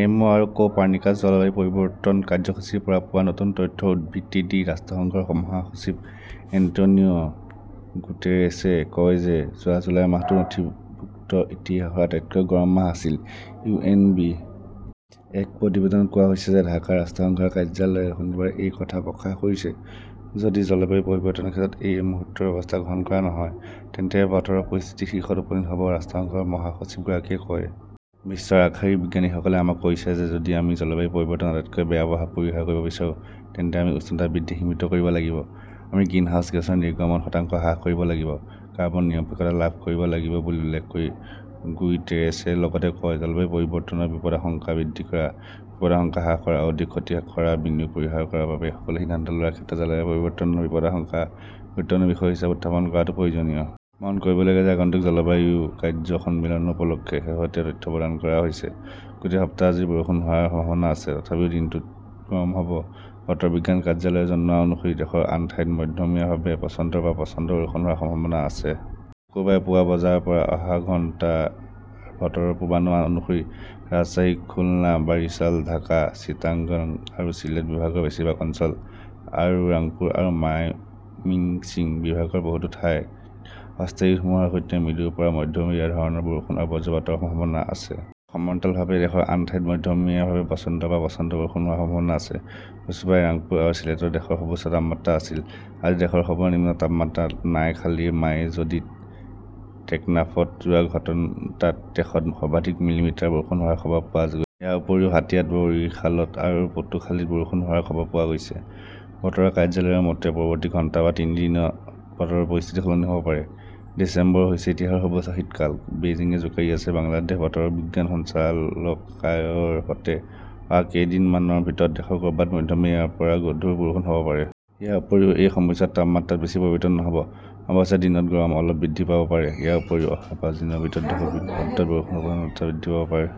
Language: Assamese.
এম. অ '. আৰু ক' পাৰ্নিকাছ জলবায়ু পৰিৱৰ্তন কাৰ্যসূচীৰ পৰা পোৱা নতুন তথ্যৰ উদ্ধৃতি দি ৰাষ্ট্ৰসংঘৰ মহাসচিব এন্টোনিও গুটেৰেছে কয় যে যোৱা জুলাই মাহটো নথিভুক্ত ইতিহাসৰ আটাইতকৈ গৰম মাহ আছিল। ইউ. এন. বি. -ৰ এক প্ৰতিবেদনত কোৱা হৈছে যে ঢাকাৰ ৰাষ্ট্ৰসংঘৰ কাৰ্যালয়ে শনিবাৰে এই কথা প্ৰকাশ কৰিছে। "যদি জলবায়ু পৰিৱৰ্তনৰ ক্ষেত্ৰত এই মুহূৰ্তত ব্যৱস্থা গ্ৰহণ কৰা নহয় তেন্তে বতৰৰ পৰিস্থিতি শীৰ্ষত উপনীত হ'ব ", ৰাষ্ট্ৰসংঘৰ মহাসচিবগৰাকীয়ে কয়। বিশ্বৰ আগশাৰীৰ বিজ্ঞানীসকলে আমাক কৈছে যে যদি আমি জলবায়ু পৰিৱৰ্তনৰ আটাইতকৈ বেয়া প্ৰভাৱ পৰিহাৰ কৰিব বিচাৰো তেন্তে আমি উষ্ণতা বৃদ্ধি সীমিত কৰিব লাগিব। আমি গ্ৰিনহাউজ গেছৰ নিৰ্গমন শতাংশ হ্ৰাস কৰিব লাগিব। " কাৰ্বন নিৰপেক্ষতা লাভ কৰিব লাগিব বুলি উল্লেখ কৰি গুইটেৰেছে লগতে কয়", জলবায়ু পৰিৱৰ্তনৰ বিপদাশংকা বৃদ্ধি কৰা, বিপদাশংকা হ্ৰাস কৰা আৰু অধিক ক্ষতি কৰা বিনিয়োগ পৰিহাৰ কৰাৰ বাবে সকলো সিদ্ধান্ত লোৱাৰ ক্ষেত্ৰত জলবায়ু পৰিৱৰ্তনৰ বিপদাশংকা গুৰুত্বপূৰ্ণ বিষয় হিচাপে উত্থাপন কৰাটো প্ৰয়োজনীয়। "মন কৰিবলগীয়া যে আগন্তুক জলবায়ু কাৰ্য্য সন্মিলনৰ উপলক্ষে শেহতীয়া তথ্য প্ৰদান কৰা হৈছে। গোটেই সপ্তাহজুৰি বৰষুণ হোৱাৰ সম্ভাৱনা আছে তথাপিও দিনটোত গৰম হ'ব। বতৰ বিজ্ঞান কাৰ্যালয়ে জনোৱা অনুসৰি দেশৰ আন ঠাইত মধ্যমীয়াভাৱে প্ৰচণ্ডৰ পৰা প্ৰচণ্ড বৰষুণ হোৱাৰ সম্ভাৱনা আছে। শুকুৰবাৰে পুৱা বজাৰ পৰা অহা ঘণ্টাৰ বতৰৰ পূৰ্বানুমান অনুসৰি ৰাজশ্বাহী, খুলনা, বাৰিছাল, ঢাকা, চিটাগং আৰু চিলেট বিভাগৰ বেছিভাগ অঞ্চল আৰু ৰাংপুৰ আৰু মাইমিংছিং বিভাগৰ বহুতো ঠাইত অস্থায়ী ধুমুহাৰ সৈতে মৃদুৰ পৰা মধ্যমীয়া ধৰণৰ বৰষুণ আৰু বজ্ৰপাতৰ সম্ভাৱনা আছে। ইয়াৰ সমান্তৰালভাৱে দেশৰ আন ঠাইত মধ্যমীয়াভাৱে প্ৰচণ্ডৰ পৰা প্ৰচণ্ড বৰষুণ হোৱাৰ সম্ভাৱনা আছে। বৃহস্পতিবাৰে ৰাংপুৰ আৰু চিলেটত দেশৰ সৰ্বোচ্চ তাপমাত্ৰা আছিল। আজি দেশৰ সৰ্বনিম্ন তাপমাত্ৰা নাইখালীৰ মাইজদীত। টেকনাফত যোৱা ঘণ্টাত দেশত সৰ্বাধিক মিলিমিটাৰ বৰষুণ হোৱাৰ খবৰ পোৱা গৈছে। ইয়াৰ উপৰিও হাতিয়াত, বৰিশালত আৰু পটুখালীত বৰষুণ হোৱাৰ খবৰ পোৱা গৈছে। বতৰৰ কাৰ্যালয়ৰ মতে, পৰৱৰ্তী ঘণ্টা বা তিনি দিনত বতৰৰ পৰিস্থিতি সলনি হ'ব পাৰে। ডিচেম্বৰ হৈছে ইতিহাসৰ সৰ্বোচ্চ শীতকাল, বেইজিঙে জোকাৰি আছে বাংলাদেশ বতৰ বিজ্ঞান সঞ্চালকালয়ৰ মতে, অহা কেইদিনমানৰ ভিতৰত দেশৰ ক'ৰবাত মধ্যমীয়াৰ পৰা গধুৰ বৰষুণ হ'ব পাৰে। ইয়াৰ উপৰিও এই সময়ছোৱাত তাপমাত্ৰাত বেছি পৰিৱৰ্তন নহ'ব। অৱশ্যে, দিনত গৰম অলপ বৃদ্ধি পাব পাৰে। ইয়াৰ উপৰিও, অহা পাঁচ দিনৰ ভিতৰত দেশৰ বিভিন্ন প্ৰান্তত বৰষুণৰ প্ৰৱণতা বৃদ্ধি পাব পাৰে।